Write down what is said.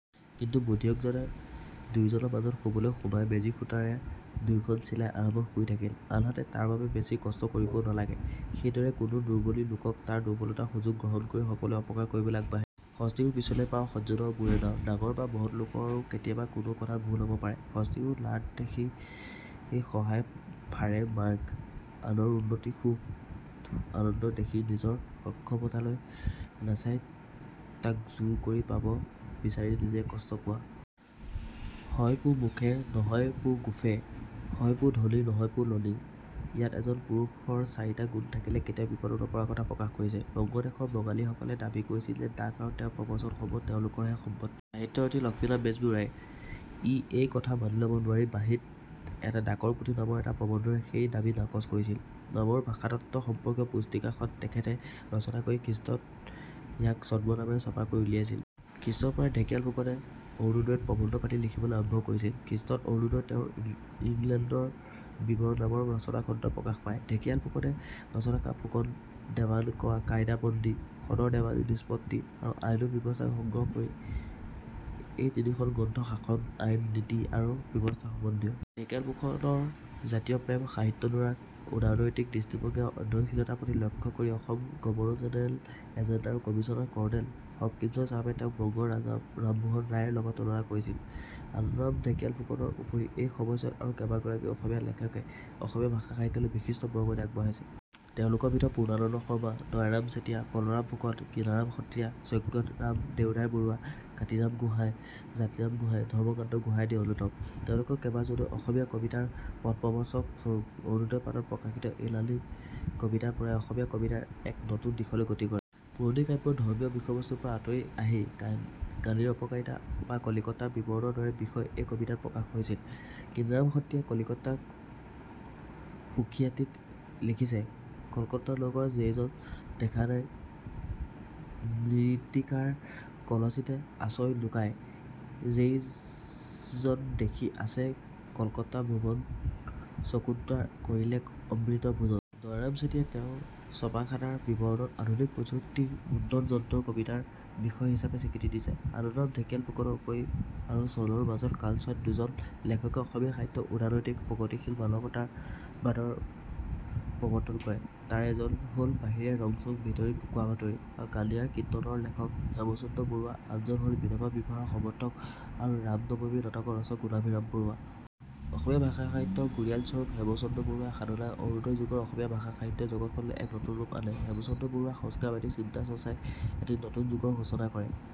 কিন্তু বুদ্ধিয়কজনে দুয়োজনৰ মাজত শুবলৈ সোমাই বেজি-সূঁতাৰে দুয়োখন চিলাই আৰামত শুই থাকিল। আনহাতে তাৰ বাবে বেছি কষ্ট কৰিবও নালাগে। সেই দৰে কোনো দুৰ্বলি লোকক তাৰ দুৰ্বলতাৰ সুযোগ গ্ৰহণ কৰি সকলোৱে অপকাৰ কৰিবলৈ আগবাঢ়ে। হস্তিৰো পিছলে পাৱ, সজ্জনৰো বুৰে নাৱ: ডাঙৰ বা মহৎ লোকৰো কেতিয়াবা কোনো কথাত ভুল হ'ব পাৰে। হস্তিৰো লাড দেখি শহাই ফাৰে মাৰ্গ: আনৰ উন্নতি, সুখ, আনন্দ দেখি নিজৰ সক্ষমতালৈ নাচাই তাক জোৰ কৰি পাব বিচাৰি নিজে কষ্ট পোৱা। হয় পো মুখে, নহয় পো গুফে, হয় পো ধনী, নহয় পো লনি: ইয়াত এজন পুৰুষৰ চাৰিটা গুণ থাকিলে কেতিয়াও বিপদত নপৰাৰ কথা প্ৰকাশ কৰিছে। বংগদেশৰ বাঙালীসকলে দাবী কৰিছিল যে ডাক আৰু তেওঁৰ প্ৰবচন সমূহ তেওঁলোকৰহে সম্পত্তি। সাহিত্যৰথী লক্ষ্মীনাথ বেজবৰুৱা ই এই কথা মানি ল'ব নোৱাৰি "বাঁহী"ত এটা "ডাকৰ পুথি" নামৰ এটি প্ৰবন্ধৰে সেই দাবী নাকচ কৰিছিল।। নামৰ ভাষাতত্ত্ব সম্পৰ্কীয় পুস্তিকাখন তেখেতে ৰচনা কৰি খ্ৰীষ্টত ইয়াক ছদ্মনামেৰে ছপা কৰি উলিয়াইছিল। খ্ৰীষ্টৰ পৰাই ঢেকিয়াল ফুকনে অৰুনোদইত প্ৰবন্ধ পাতি লিখিবলৈ আৰম্ভ কৰিছিল। খ্ৰীষ্টত অৰুনোদইত তেওঁৰ ইং "ইংলেণ্ডৰ বিৱৰণ" নামৰ ৰচনাখণ্ড প্ৰকাশ পায়। ঢেকিয়াল ফুকনে ৰচনা কৰা ফুকন দেৱান ক কায়দা বন্দী, সদৰ দেৱানী নিষ্পত্তি আৰু আইন ও ব্যৱস্থা সংগ্ৰহ এই তিনিখন গ্ৰন্থ শাসন, আইন, নীতি আৰু ব্যৱস্থা সম্বন্ধীয়। ঢেকিয়াল ফুকনৰ জাতীয় প্ৰেম, সাহিত্যানুৰাগ, উদাৰনৈতিক দৃষ্টিভংগী আৰু অধ্যয়নশীলতাৰ প্ৰতি লক্ষ্য কৰি অসম গৱৰ্ণৰ জেনেৰেল এজেণ্ট আৰু কমিচনাৰ কৰ্ণেল হপকিনচন চাহাবে তেওঁক বংগৰ ৰামমোহন ৰায়ৰ লগত তুলনা কৰিছিল। আনন্দৰাম ঢেকিয়াল ফুকনৰ উপৰি এই সময়ছোৱাত আৰু কেইবাগৰাকীও অসমীয়া লেখকে অসমীয়া ভাষা-সাহিত্যলৈ বিশিষ্ট বৰঙণি আগবঢাইছে। তেওঁলোকৰ ভিতৰত পূৰ্ণানন্দ শৰ্মা, দয়াৰাম চেতিয়া, বলৰাম ফুকন, কিনাৰাম সত্ৰিয়া, যজ্ঞৰাম দেওধাই বৰুৱা, কাতিৰাম গোঁহাই, জাতিৰাম গোহাঁই, ধৰ্মকান্ত গোহাঁই আদি অন্যতম। তেওঁলোকৰ কেইবাজনেও অসমীয়া কবিতাৰ প্ৰথ প্ৰদৰ্শক স্বৰূপ। অৰুনোদইৰ পাতত প্ৰকাশিত এইলানি কাবিতাৰ পৰাই অসমীয়া কবিতাই এক নতুন দিশলৈ গতি কৰে। পুৰণি কাব্যৰ ধৰ্মীয় বিষয়বস্তুৰ পৰা আঁতৰি আহি কানিৰ অপকাৰিতা বা কলিকতাৰ বিৱৰণৰ দৰে বিষয় এই কবিতাত প্ৰকাশ হৈছিল। কিনাৰাম সত্ৰিয়াই ' কলিকতাৰ সুখিয়াতি 'ত লিখিছে- কল্কতা নগৰ জেইজন দেখা নাই ম্ৰিতিকাৰ কলচিতে আচই লুকাই; জেইজন দেখি আচে কল্কতা ভুৱন চকুদ্বাৰা কৰিলেক অম্ৰিত ভোজন। দয়াৰাম চেতিয়াই তেওঁৰ 'চপাখানাৰ বিৱৰণ'ত আধুনিক প্ৰযুক্তিৰ মুদ্ৰণ যন্ত্ৰও কবিতাৰ বিষয় হিচাপে স্বীকৃতি দিছে। আনন্দৰাম ঢেকিয়াল ফুকনৰ উপৰি আৰু চনৰ মাজৰ কালছোৱাত দুজন লেখকে অসমীয়া সাহিত্যত উদাৰনৈতিক প্ৰগতিশীল মানৱতাবাদৰ প্ৰৱৰ্তন কৰে। তাৰে এজন হ'ল বাহিৰে ৰং চং, ভিতৰি কোৱাভাতুৰি আৰু কানীয়াৰ কীৰ্তন ৰ লেখক হেমচন্দ্ৰ বৰুৱা আনজন হ'ল বিধৱা বিবাহৰ সমৰ্থক আৰু ৰাম-নৱমী নাটকৰ ৰচক গুণাভিৰাম বৰুৱা। অসমীয়া ভাষা-সাহিত্যৰ গুৰিয়ালস্বৰূপ হেমচন্দ্ৰ বৰুৱাৰ সাধনাই অৰুণোদয় যুগৰ অসমীয়া ভাষা-সাহিত্যৰ জগতখনলৈ এক নতুন ৰূপ আনে। হেমচন্দ্ৰ বৰুৱাৰ সংস্কাৰবাদী চিন্তা-চৰ্চাই এটি নতুন যুগৰ সূচনা কৰে।